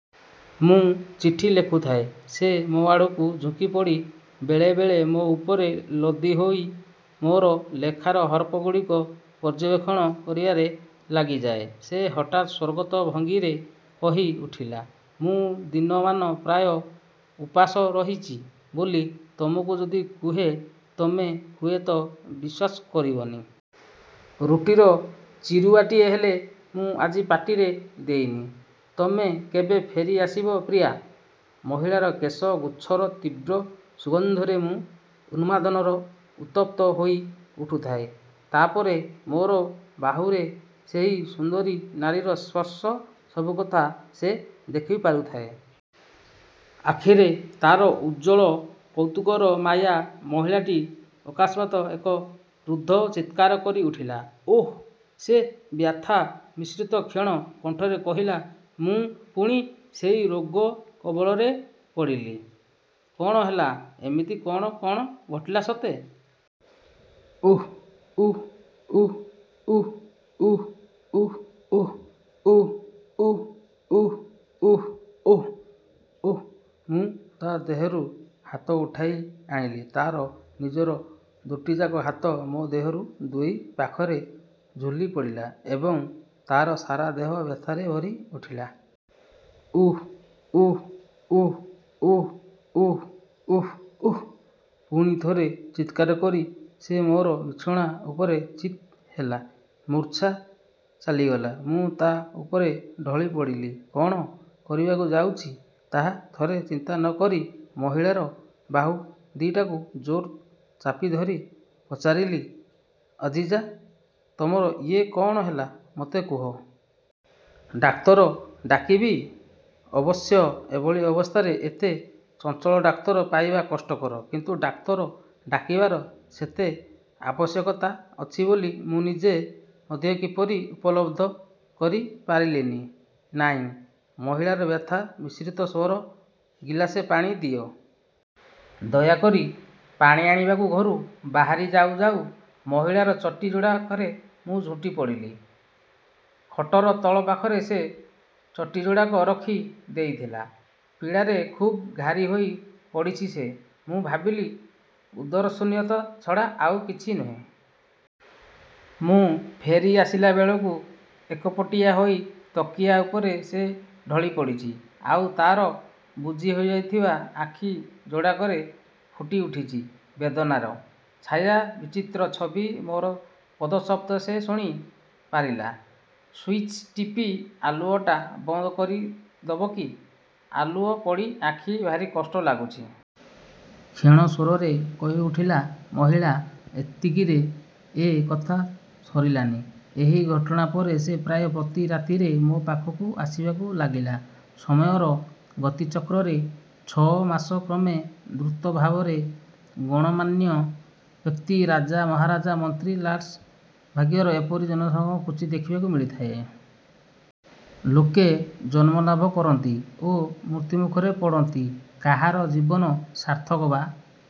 ମୁଁ ଚିଠି ଲେଖୁଥାଏ। ସେ ମୋଆଡ଼କୁ ଝୁଙ୍କି ପଡ଼ି ବେଳେ ବେଳେ ମୋ ଉପରେ ଲଦି ହେଇ ମୋର ଲେଖାର ହରପ୍ଗୁଡ଼ିକୁ ପର୍ଯ୍ୟବେକ୍ଷଣ କରିବାରେ ଲାଗିଯାଏ। ସେ ହଠାତ୍ ସ୍ୱର୍ଗତ ଭଙ୍ଗୀରେ କହି ଉଠିଲା, "ମୁଁ ଦିନମାନ ପ୍ରାୟ ଓପାସ ରହିଛି ବୋଲି ତମକୁ ଯଦି କୁହେ, ତମେ ହୁଏ ତ ବିଶ୍ୱାସ କରିବନି। ରୁଟିର ଚିରୁଆଟିଏ ହେଲେ ମୁଁ ଆଜି ପାଟିରେ ଦେଇନି। ତମେ କେବେ ଫେରି ଆସିବ ପ୍ରିୟ! " ମହିଳାର କେଶ ଗୁଚ୍ଛର ତୀବ୍ର ସୁଗନ୍ଧରେ ମୁଁ ଉନ୍ମାଦନାରେ ଉତ୍ତପ୍ତ ହୋଇ ଉଠୁଥାଏ। ତା ପରେ ମୋର ବାହୁରେ ସେହି ସୁନ୍ଦରୀ ନାରୀର ସ୍ପର୍ଶ। ସବୁକଥା ସେ ଦେଖି ପାରୁଥାଏ। ଆଖିରେ ତାର ଉଜ୍ଜ୍ୱଳ କୌତୁକର ମାୟା। ମହିଳାଟି ଅକସ୍ମାତ୍ ଏକ ରୁଦ୍ଧ ଚିତ୍କାର କରି ଉଠିଲା। "ଓଃ। " ସେ ବ୍ୟଥା ମିଶ୍ରିତ କ୍ଷୀଣ କଣ୍ଠରେ କହିଲା, "ମୁଁ ପୁଣି ସେଇ ରୋଗ କବଳରେ ପଡ଼ିଲି। " "କଣ ହେଲା ଏମିତି–କଣ, କଣ ଘଟିଲା ସତେ? " "ଓଃ... ଉ ଉ ଉ ଉ ଉ ଉ ଉଃ... ଉ ଉ ଉ ଉ ଉ ଉ ଉଃ! " ମୁଁ ତା' ଦେହରୁ ହାତ ଉଠେଇ ଆଣିଲି। ତାର ନିଜର ଦୋଟିଯାକ ହାତ ମୋ ଦେହର ଦୁଇ ପାଖରେ ଝୁଲି ପଡ଼ିଲା ଏବଂ ତାର ସାରା ଦେହ ବ୍ୟଥାରେ ଭରି ଉଠିଲା। "ଉ ଉ ଉ ଉ ଉ ଉ ଉଃ। " ପୁଣି ଥରେ ଚିତ୍କାର କରି ସେ ମୋର ବିଛଣା ଉପରେ ଚିତ୍ ହେଇ ମୂର୍ଚ୍ଛା ଚାଲିଗଲା। ମୁଁ ତା' ଉପରେ ଢଳି ପଡ଼ିଲି। କଣ କରିବାକୁ ଯାଉଛି ତାହା ଥରେ ଚିନ୍ତା ନ କରି ମହିଳାର ବାହୁ ଦିଟାକୁ ଜୋର ଚାପିଧରି ପଚାରିଲି, "ଅଜିଜା, ତମର ଇଏ କଣ ହେଲା ମତେ କୁହ.. ଡାକ୍ତର ଡାକିବି? " ଅବଶ୍ୟ ଏଭଳି ଅବସ୍ଥାରେ ଏତେ ଚଞ୍ଚଳ ଡାକ୍ତର ପାଇବା କଷ୍ଟକର। କିନ୍ତୁ ଡାକ୍ତର ଡାକିବାର ସେତେ ଆବଶ୍ୟକତା ଅଛି ବୋଲି ମୁଁ ନିଜେ ମଧ୍ୟ କିପରି ଉପଲବ୍ଧି କରି ପାରିଲି ନି। "ନାଇଁ! " ମହିଳାର ବ୍ୟଥା ମିଶ୍ରିତ ସ୍ଵର। ଗିଲାସେ ପାଣି ଦିଅ... ଦୟାକରି। " ପାଣି ଆଣିବାକୁ ଘରୁ ବାହାରି ଯାଉ ଯାଉ ମହିଳାର ଚଟି ଯୋଡ଼ାକରେ ମୁଁ ଝୁଣ୍ଟି ପଡ଼ିଲି-। ଖଟର ତଳ ପାଖରେ ସେ ଚଟିଯୋଡ଼ାକ ରଖି ଦେଇଥିଲା। ପୀଡ଼ାରେ ଖୁବ ଘାରି ହୋଇ ପଡ଼ିଚି ସେ। ମୁଁ ଭାବିଲି ଉଦରଶୂନ୍ୟତା ଛଡ଼ା ଆଉ କିଛି ନୁହେଁ। ମୁଁ ଫେରି ଆସିଲାବେଳକୁ ଏକପଟିଆ ହୋଇ ତକିଆ ଉପରେ ସେ ଢଳି ପଡ଼ିଛି, ଆଉ ତାର ବୁଜି ହୋଇଥିବା ଆଖି ଯୋଡ଼ାକରେ ଫୁଟି ଉଠିଛି ବେଦନାର ଛାୟା-ବିଚିତ୍ର ଛବି। ମୋର ପଦଶବ୍ଦ ସେ ଶୁଣି ପାରିଲା। "ସ୍ୱିଚ୍ ଟିପି ଆଲୁଅଟା ବନ୍ଦ କରି ଦବକି! ଆଲୁଅ ପଡ଼ି ଆଖିକି ଭାରି କଷ୍ଟ ଲାଗୁଛି। "କ୍ଷୀଣ ସ୍ଵରରେ କହି ଉଠିଲା ମହିଳା। ଏତିକିରେ ଏ କଥା ସରିଲାନି। ଏହି ଘଟଣା ପରେ ସେ ପ୍ରାୟ ପ୍ରତି ରାତିରେ ମୋ ପାଖକୁ ଆସିବାକୁ ଲାଗିଲା ସମୟର ଗତିଚକ୍ରରେ ଛ' ମାସ କ୍ରମେ ଦ୍ରୁତ ଭାବରେ। ଗଣ୍ୟମାନ୍ୟ ବ୍ୟକ୍ତି, ରାଜା ମହାରାଜା, ମନ୍ତ୍ରୀ ଓ ଲାଟ୍ଙ୍କ ଭାଗ୍ୟରେ ଏପରି ଜନସମାଗମ କ୍ୱଚିତ୍ ଦେଖିବାକୁ ମିଳିଥାଏ। ଲୋକେ ଜନ୍ମଲାଭ କରନ୍ତି ଓ ମୃତ୍ୟୁମୁଖରେ ପଡ଼ନ୍ତି। କାହାର ଜୀବନ ସାର୍ଥକ ବା